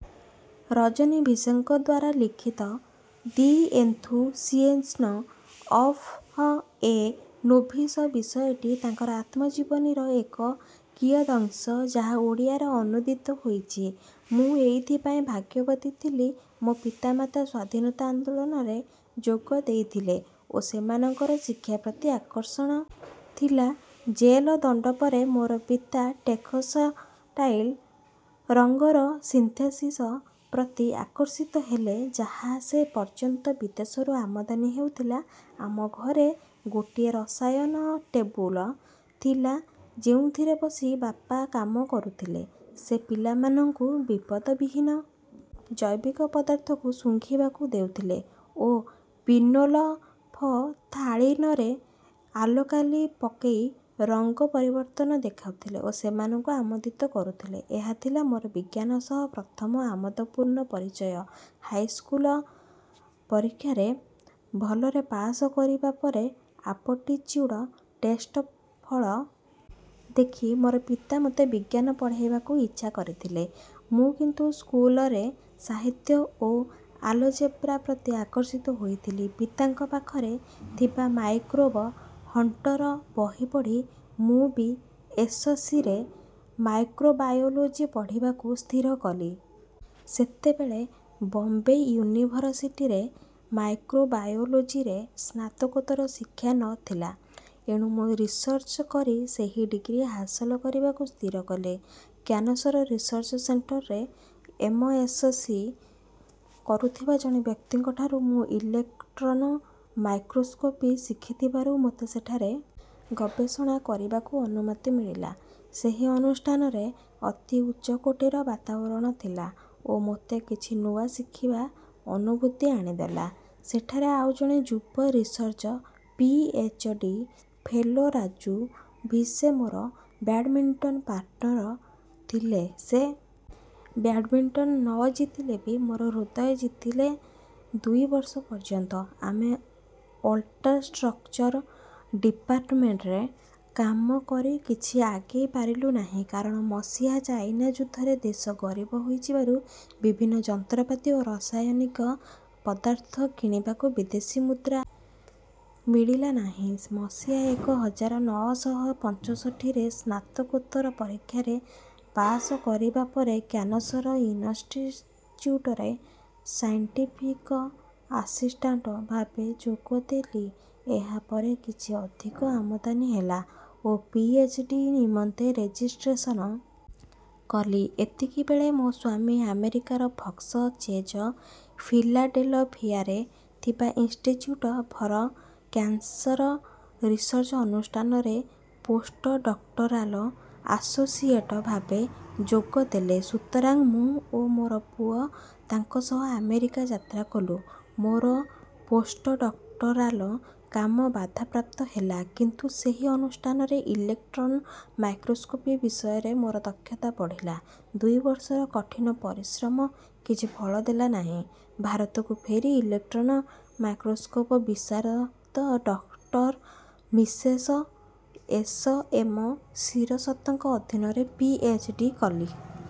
ରଜନୀ ଭିସେଙ୍କଦ୍ୱାରା ଲିଖିତ the enthusiasm of a novice ବିଷୟଟି ତାଙ୍କର ଆତ୍ମଜୀବନୀର ଏକ କିୟଦଂଶ ଯାହା ଓଡ଼ିଆରେ ଅନୁଦିତ ହୋଇଛି ମୁଁ ଏଇଥି ପାଇଁ ଭାଗ୍ୟବତୀ ଥିଲି ମୋ ପିତାମାତା ସ୍ୱାଧୀନତା ଆନ୍ଦୋଳନରେ ଯୋଗ ଦେଇଥିଲେ ଓ ସେମାନଙ୍କର ଶିକ୍ଷା ପ୍ରତି ଆକର୍ଷଣ ଥିଲା ଜେଲ ଦଣ୍ଡ ପରେ ମୋର ପିତା ଟେକ୍ସଟାଇଲ ରଙ୍ଗର ସିନ୍ଥେସିସ ପ୍ରତି ଆକର୍ଷିତ ହେଲେ ଯାହା ସେ ପର୍ଯ୍ୟନ୍ତ ବିଦେଶରୁ ଆମଦାନୀ ହେଉଥିଲା ଆମ ଘରେ ଗୋଟିଏ ରସାୟନ ଟେବୁଲ ଥିଲା ଯେଉଁଥିରେ ବସି ବାପା କାମ କରୁଥିଲେ ସେ ପିଲାମାନଙ୍କୁ ବିପଦ ବିହୀନ ଜୈବିକ ପଦାର୍ଥକୁ ଶୁଙ୍ଘିବାକୁ ଦେଉଥିଲେ ଓ ପିନୋଲଫଥାଳୀନରେ ଆଲକାଲି ପକେଇ ରଙ୍ଗ ପରିବର୍ତ୍ତନ ଦେଖାଉଥିଲେ ଓ ସେମାନଙ୍କୁ ଆମୋଦିତ କରୁଥିଲେ ଏହା ଥିଲା ମୋର ବିଜ୍ଞାନ ସହ ପ୍ରଥମ ଆମୋଦପୂର୍ଣ୍ଣ ପରିଚୟ ହାଇ ସ୍କୁଲ ପରୀକ୍ଷାରେ ଭଲରେ ପାସ କରିବା ପରେ ଆପଟିଚ୍ୟୁଡ ଟେଷ୍ଟ ଫଳ ଦେଖି ମୋର ପିତା ମୋତେ ବିଜ୍ଞାନ ପଢେଇବାକୁ ଇଚ୍ଛା କରିଥିଲେ ମୁଁ କିନ୍ତୁ ସ୍କୁଲରେ ସାହିତ୍ୟ ଓ ଆଲଜେବ୍ରା ପ୍ରତି ଆକର୍ଷିତ ହୋଇଥିଲି ପିତାଙ୍କ ପାଖରେ ଥିବା ମାଇକ୍ରୋବ ହଣ୍ଟର ବହି ପଢି ମୁଁ ବି ଏସ ସି ରେ ମାଇକ୍ରୋବାୟୋଲୋଜି ପଢିବାକୁ ସ୍ଥିର କଲି ସେତେବେଳେ ବମ୍ବେ ୟୁନିଭରସିଟିରେ ମାଇକ୍ରୋବାୟୋଲୋଜୀରେ ସ୍ନାତକୋତ୍ତର ଶିକ୍ଷା ନ ଥିଲା ଏଣୁ ମୁଁ ରିସର୍ଚ୍ଚ କରି ସେହି ଡିଗ୍ରୀ ହାସଲ କରିବାକୁ ସ୍ଥିର କଲି କ୍ୟାନସର ରିସର୍ଚ୍ଚ ସେଣ୍ଟରରେ ଏମ ଏସ ସି କରୁଥିବା ଜଣେ ବ୍ୟକ୍ତିଙ୍କଠାରୁ ମୁଁ ଇଲେକଟ୍ରନ ମାଇକ୍ରୋସ୍କୋପି ଶିଖିଥିବାରୁ ମୋତେ ସେଠାରେ ଗବେଷଣା କରିବାକୁ ଅନୁମତି ମିଳିଲା ସେହି ଅନୁଷ୍ଠାନରେ ଅତି ଉଚ୍ଚକୋଟୀର ବାତାବରଣ ଥିଲା ଓ ମୋତେ କିଛି ନୂଆ ଶିଖିବା ଅନୁଭୂତି ଆଣିଦେଲା ସେଠାରେ ଆଉ ଜଣେ ଯୁବ research P H D fellow Raju Bhise ମୋର ବ୍ୟାଡମିଣ୍ଟନ ପାର୍ଟନର ଥିଲେ ସେ ବ୍ୟାଡମିଣ୍ଟନ ନ ଜିତିଳେବି ମୋର ହୃଦୟ ଜିତିଲେ ଦୁଇ ବର୍ଷ ପର୍ଯ୍ୟନ୍ତ ଆମେ ଅଲ୍ଟ୍ରାଷ୍ଟ୍ରକଚର ଡିପାର୍ଟମେଣ୍ଟରେ କାମ କରି କିଛି ଆଗେଇ ପାରିଲୁ ନାହିଁ କାରଣ ମସିହା ଚାଇନା ଯୁଦ୍ଧରେ ଦେଶ ଗରିବ ହୋଇଯିବାରୁ ବିଭିନ୍ନ ଯନ୍ତ୍ରପାତି ଓ ରସାୟନିକ ପଦାର୍ଥ କିଣିବାକୁ ବିଦେଶୀ ମୁଦ୍ରା ମିଳିଲା ନାହିଁ ମସିହା ଏକ ହଜାର ନଅ ଶହ ପଞ୍ଚଷଠି ରେ ସ୍ନାତକୋତ୍ତର ପରୀକ୍ଷାରେ ପାସ କରିବା ପରେ କ୍ୟାନସର ଇନଷ୍ଟିଚ୍ୟୁଟରେ ସାଇଣ୍ଟିଫିକ ଆସିଷ୍ଟାଣ୍ଟ ଭାବେ ଯୋଗ ଦେଲି ଏହା ପରେ କିଛି ଅଧିକ ଆମଦାନୀ ହେଲା ଓ ପି ଏଚ ଡି ନିମନ୍ତେ ରେଜିଷ୍ଟ୍ରେଶନ କଲି ଏତିକି ବେଳେ ମୋ ସ୍ୱାମୀ ଆମେରିକାର ଫକ୍ସ ଚେଜ ଫିଲାଡେଲଫିଆରେ ଥିବା ଇନଷ୍ଟିଚ୍ୟୁଟ ଫର କ୍ୟାନସର ରିସର୍ଚ୍ଚ ଅନୁଷ୍ଠାନରେ ପୋସ୍ଟଡକ୍ଟରାଲ ଆସୋସିଏଟ ଭାବେ ଯୋଗ ଦେଲେ ସୁତରାଂ ମୁଁ ଓ ମୋର ପୁଅ ତାଙ୍କ ସହ ଆମେରିକା ଯାତ୍ରା କଲୁ ମୋର ପୋସ୍ଟଡକ୍ଟରାଲ କାମ ବାଧା ପ୍ରାପ୍ତ ହେଲା କିନ୍ତୁ ସେହି ଅନୁଷ୍ଠାନରେ ଇଲେକଟ୍ରନ ମାଇକ୍ରୋସ୍କୋପି ବିଷୟରେ ମୋର ଦକ୍ଷତା ବଢିଲା ଦୁଇ ବର୍ଷର କଠିନ ପରିଶ୍ରମ କିଛି ଫଳ ଦେଲା ନାହିଁ ଭାରତକୁ ଫେରି ଇଲେକଟ୍ରନ ମାଇକ୍ରୋସ୍କୋପ ବିଶାରଦ ଡଃ ମିସେସ ଏସ ଏମ ଶିରସତଙ୍କ ଅଧୀନରେ ପି ଏଚ ଡି କଲି।